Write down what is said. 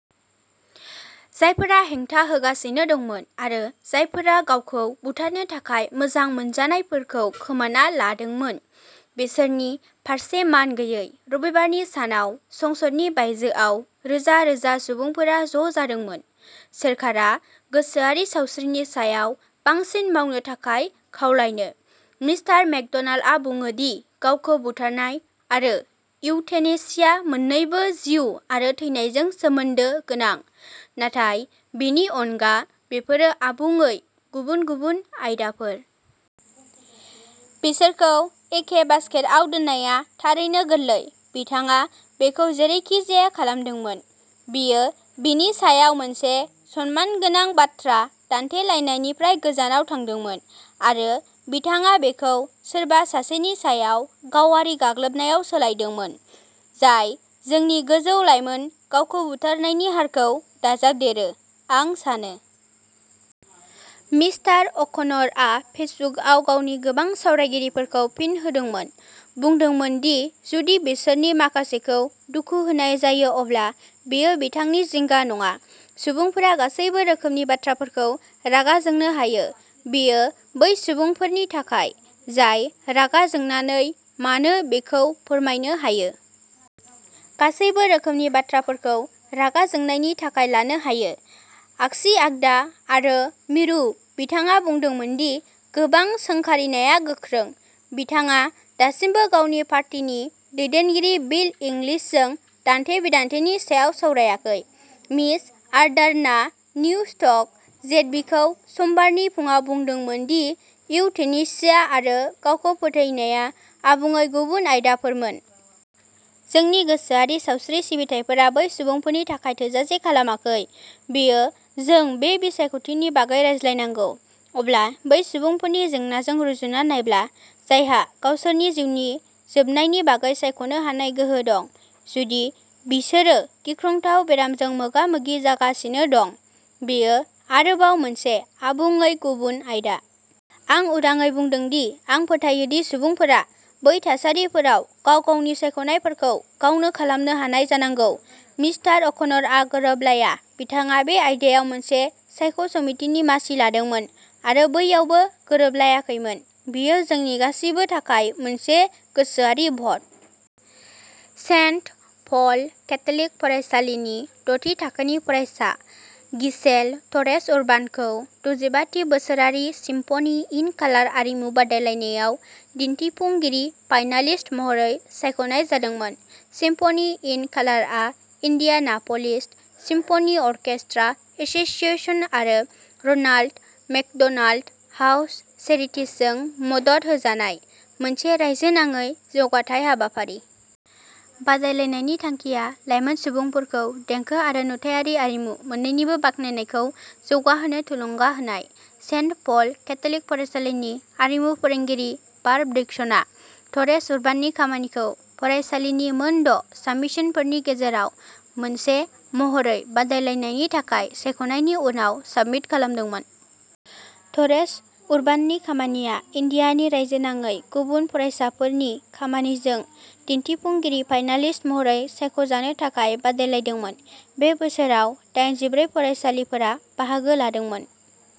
जायफोरा हेंथा होगासिनो दंमोन आरो जायफोरा गावखौ बुथारनो थाखाय मोजां मोनजानायफोरखौ खोमाना लादोंमोन, बिसोरनि फारसे मानगैयै। रबिबारनि सानाव संसदनि बायजोआव रोजा रोजा सुबुंफोरा ज'जादोंमोन, सोरखारा गोसोआरि सावस्रिनि सायाव बांसिन मावनो थाखाय खावलायनो। मिस्टार मेकड'नाल्डआ बुङो दि गावखौ बुथारनाय आरो इउथेनेसिया मोन्नैबो जिउ आरो थैनाय जों सोमोन्दो गोनां, नाथाय बेनि अनगा, बेफोरो आबुङै गुबुन गुबुन आयदाफोर। बिसोरखौ एखे बास्केटआव दोननाया थारैनो गोरलै। बिथाङा बेखौ जेरैखिजाया खालामदोंमोन, बियो बेनि सायाव मोनसे सनमानगोनां बाथ्रा दान्थेलायनायनिफ्राय गोजानाव थांदोंमोन, आरो बिथाङा बेखौ सोरबा सासेनि सायाव गावारि गाग्लोबनायाव सोलायदोंमोन। जाय जोंनि गोजौ लाइमोन गावखौ बुथारनायनि हारखौ दाजाबदेरो, आं सानो। मिस्टार अ'कन'रना फेसबुकआव गावनि गोबां सावरायगिरिफोरखौ फिन होदोंमोन, बुंदोंमोन दि जुदि बिसोरनि माखासेखौ दुखु होनाय जायो अब्ला बेयो बिथांनि जिंगा नङा। सुबुंफोरा गासैबो रोखोमनि बाथ्राफोरखौ रागा जोंनो हायो बेयो बै सुबुंफोरनि थाखाय जाय रागा जोंनानै मानो बेखौ फोरमायनो हायो। गासैबो रोखोमनि बाथ्राफोरखौ रागा जोंनायनि थाखाय लानो हायो, आगसि आगदा आरो मिरु बिथाङा बुंदोंमोन दि गोबां सोंखारिनाया गोख्रों। बिथाङा दासिमबो गावनि पार्टीनि दैदेनगिरि बिल इंग्लिशजों दान्थे-बिदान्थेनि सायाव सावरायाखै। मिस आर्डार्ना निउस्टक जेडबिखौ समबारनि फुंआव बुंदोंमोन दि इउथेनेसिया आरो गावखौ फोथैनाया आबुङै गुबुन आयदाफोर मोन। जोंनि गोसोआरि सावस्रि सिबिथाइफोरा बै सुबुंफोरनि थाखाय थोजासे खालामाखै, बेयो जों बे बिसायख'थिनि बागै रायज्लायनांगौ। अब्ला बै सुबुंफोरनि जेंनाजों रुजुना नायब्ला, जायहा गावसोरनि जिउनि जोबनायनि बागै सायख'नो हानाय गोहो दं, जुदि बिसोरो गिख्रंथाव बेरामजों मोगा-मोगि जागासिनो दं, बेयो आरोबाव मोनसे आबुङै गुबुन आयदा। आं उदाङै बुंदों दि आं फोथायो दि सुबुंफोरा। बै थासारिफोराव गाव गावनि सायख'नायफोरखौ गावनो खालामनो हानाय जानांगौ। मिस्टार अ'कन'रआ गोरोबलाया, बिथाङा बे आयदायाव मोनसे सायख' समितिनि मासि लादोंमोन आरो बैयावबो गोरोबलायाखैमोन। बेयो जोंनि गासिबो थाखाय मोनसे गोसोआरि भट। सेन्ट पल केथ'लिक फरायसालिनि द'थि थाखोनि फरायसा गिसेल ट'रेस-उर्बान'खौ दजिबा थि बोसोरारि सिम्फ'नि इन कालार आरिमु बादायलायनायाव दिन्थिफुंगिरि फाइनालिस्ट महरै सायख'नाय जादोंमोन। सिम्फ'नि इन कालारआ इन्डियानाप'लिस सिम्फ'नि अर्केस्ट्रा एस'सिएशन आरो र'नाल्ड मेकड'नाल्ड हाउस चेरिटिजजों मदद होजानाय मोनसे रायजोनाङै जौगाथाय हाबाफारि। बादायलायनायनि थांखिया लाइमोन सुबुंफोरखौ देंखो आरो नुथायारि आरिमु मोन्नैनिबो बाखनायनायखौ जौगाहोनो थुलुंगा होनाय। सेन्ट पल केथ'लिक फरायसालिनि आरिमु फोरोंगिरि बार्ब डिक्सना ट'रेस-उर्बान'नि खामानिखौ फरायसालिनि मोनद' साबमिशनफोरनि गेजेराव मोनसे महरै बादायलायनायनि थाखाय सायख'नायनि उनाव साबमिट खालामदोंमोन। ट'रेस-उर्बान'नि खामानिया इन्डियानि रायजोनाङै गुबुन फरायसाफोरनि खामानिजों दिन्थिफुंगिरि फाइनालिस्ट महरै सायख'जानो थाखाय बादायलायदोंमोन। बे बोसोराव दायेनजिब्रै फरायसालिफोरा बाहागो लादोंमोन।